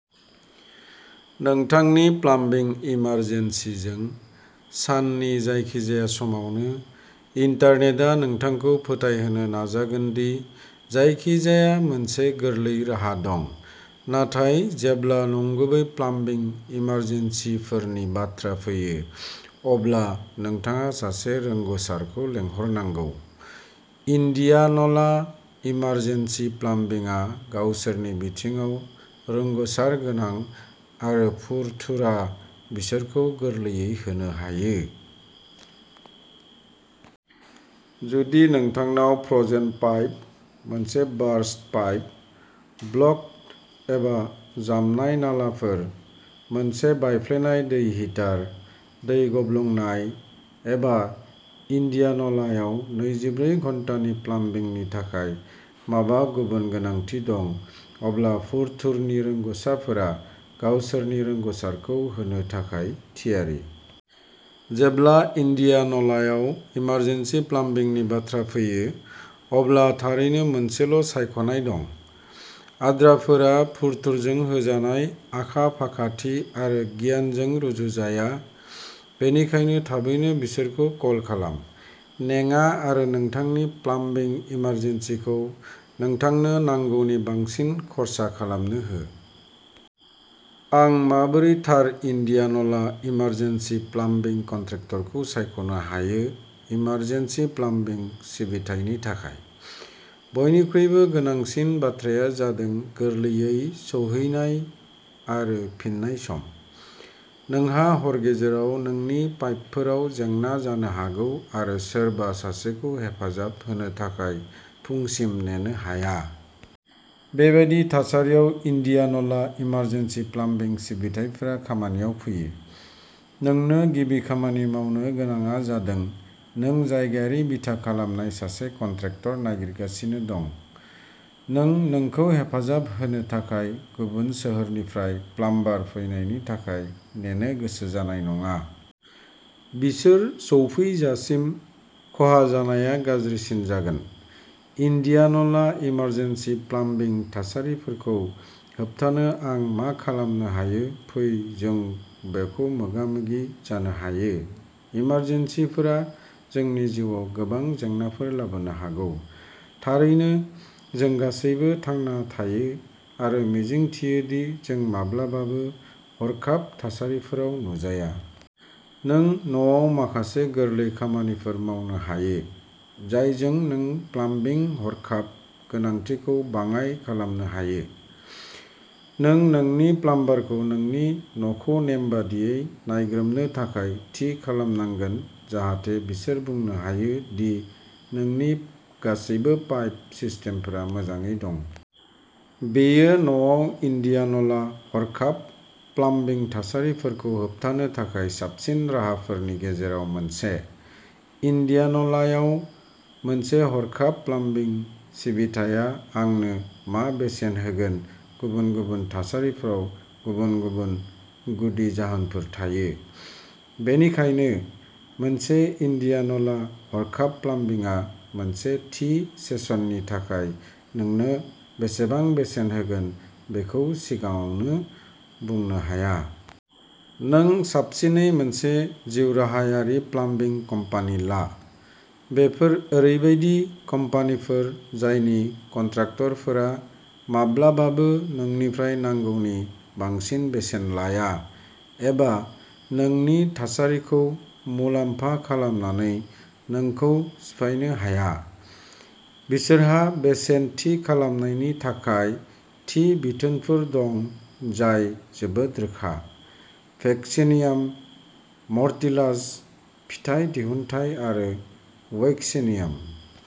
नोंथांनि प्लाम्बिं इमारजेन्सिजों, साननि जायखिजाया समावनो, इन्टारनेटआ नोंथांखौ फोथायहोनो नाजागोन दि जायखिजाया मोनसे गोरलै राहा दं, नाथाय जेब्ला नंगुबै प्लाम्बिं इमारजेन्सिफोरनि बाथ्रा फैयो, अब्ला नोंथाङा सासे रोंग'सारखौ लिंहरनांगौ। इन्डियान'ला इमारजेन्सि प्लाम्बिंआ गावसोरनि बिथिङाव रोंग'सार गोनां, आरो फुरथुरा बिसोरखौ गोरलैयै होनो हायो। जुदि नोंथांनाव फ्र'जेन पाइप, मोनसे बारस्ट पाइप, ब्ल'क्ड एबा जामनाय नालाफोर, मोनसे बायफ्लेनाय दै हिटार, दै गब्लंनाय, एबा इन्डियान' लायाव नैजिब्रै घन्टानि प्लाम्बिंनि थाखाय माबा गुबुन गोनांथि दं, अब्ला फुरथुरनि रोंग'सारफोरा गावसोरनि रोंग' सारखौ होनो थाखाय थियारि। जेब्ला इन्डियान' लायाव इमारजेन्सि प्लाम्बिंनि बाथ्रा फैयो, अब्ला थारैनो मोनसेल' सायख'नाय दं। आद्राफोरा फुरथुरजों होजानाय आखा-फाखाथि आरो गियानजों रुजुजाया, बेनिखायनो थाबैनो बिसोरखौ कल खालाम। नेङा आरो नोंथांनि प्लाम्बिं इमारजेन्सिखौ नोंथांनो नांगौनि बांसिन खर्सा खालामनो हो। आं माबोरै थार इन्डियान'ला इमारजेन्सि प्लाम्बिं कन्ट्रेक्टरखौ सायख'नो हायो इमारजेन्सि प्लाम्बिं सिबिथायनि थाखाय, बयनिख्रुइबो गोनांसिन बाथ्राया जादों गोरलैयै सौहैनाय आरो फिननाय सम। नोंहा हर गेजेराव नोंनि पाइपफोराव जेंना जानो हागौ आरो सोरबा सासेखौ हेफाजाब होनो थाखाय फुंसिम नेनो हाया। बेबादि थासारियाव, इन्डियान'ला इमारजेन्सि प्लाम्बिं सिबिथाइफोरा खामानियाव फैयो। नोंनो गिबि खामानि मावनो गोनांआ जादों नों जायगायारि बिथा खालामनाय सासे कन्ट्रेक्टर नागिरगासिनो दं। नों नोंखौ हेफाजाब होनो थाखाय गुबुन सोहोरनिफ्राय प्लाम्बार फैनायनि थाखाय नेनो गोसो जानाय नङा। बिसोर सौफैजासिम, खहा जानाया गाज्रिसिन जागोन। इन्डियान'ला इमारजेन्सि प्लाम्बिं थासारिफोरखौ होबथानो आं मा खालामनो हायो फै जों बेखौ मोगा-मोगि जानो हायो, इमारजेन्सिफोरा जोंनि जिउआव गोबां जेंनाफोर लाबोनो हागौ। थारैनो, जों गासैबो थांना थायो आरो मिजिंथियो दि जों माब्लाबाबो हरखाब थासारिफोराव नुजाया। नों न'आव माखासे गोरलै खामानिफोर मावनो हायो, जायजों नों प्लाम्बिं हरखाब गोनांथिखौ बाङाइ खालामनो हायो। नों नोंनि प्लाम्बारखौ नोंनि न'खौ नेमबादियै नायग्रोमनो थाखाय थि खालामनांगोन जाहाथे बिसोर बुंनो हायो दि नोंनि गासैबो पाइप सिस्टेमफोरा मोजाङै दं। बेयो न'आव इन्डियान'ला हरखाब प्लाम्बिं थासारिफोरखौ होबथानो थाखाय साबसिन राहाफोरनि गेजेराव मोनसे। इन्डियान' लायाव मोनसे हरखाब प्लाम्बिं सिबिथाया आंनो मा बेसेन होगोन गुबुन गुबुन थासारिफोराव गुबुन गुबुन गुदि जाहोनफोर थायो। बेनिखायनो, मोनसे इन्डियान'ला हरखाब प्लाम्बिंआ मोनसे थि सेसननि थाखाय नोंनो बेसेबां बेसेन होगोन बेखौ सिगाङावनो बुंनो हाया। नों साबसिनै मोनसे जिउराहायारि प्लाम्बिं कम्पानि ला। बेफोर ओरैबायदि कम्पानिफोर जायनि कन्ट्राक्टरफोरा माब्लाबाबो नोंनिफ्राय नांगौनि बांसिन बेसेन लाया एबा नोंनि थासारिखौ मुलाम्फा खालामनानै नोंखौ सिफायनो हाया। बिसोरहा बेसेन थि खालामनायनि थाखाय थि बिथोनफोर दं, जाय जोबोद रोखा। भेक्सिनियाम मर्टिलास फिथाइ दिहुनथाय आरो वैक्सीनियाम।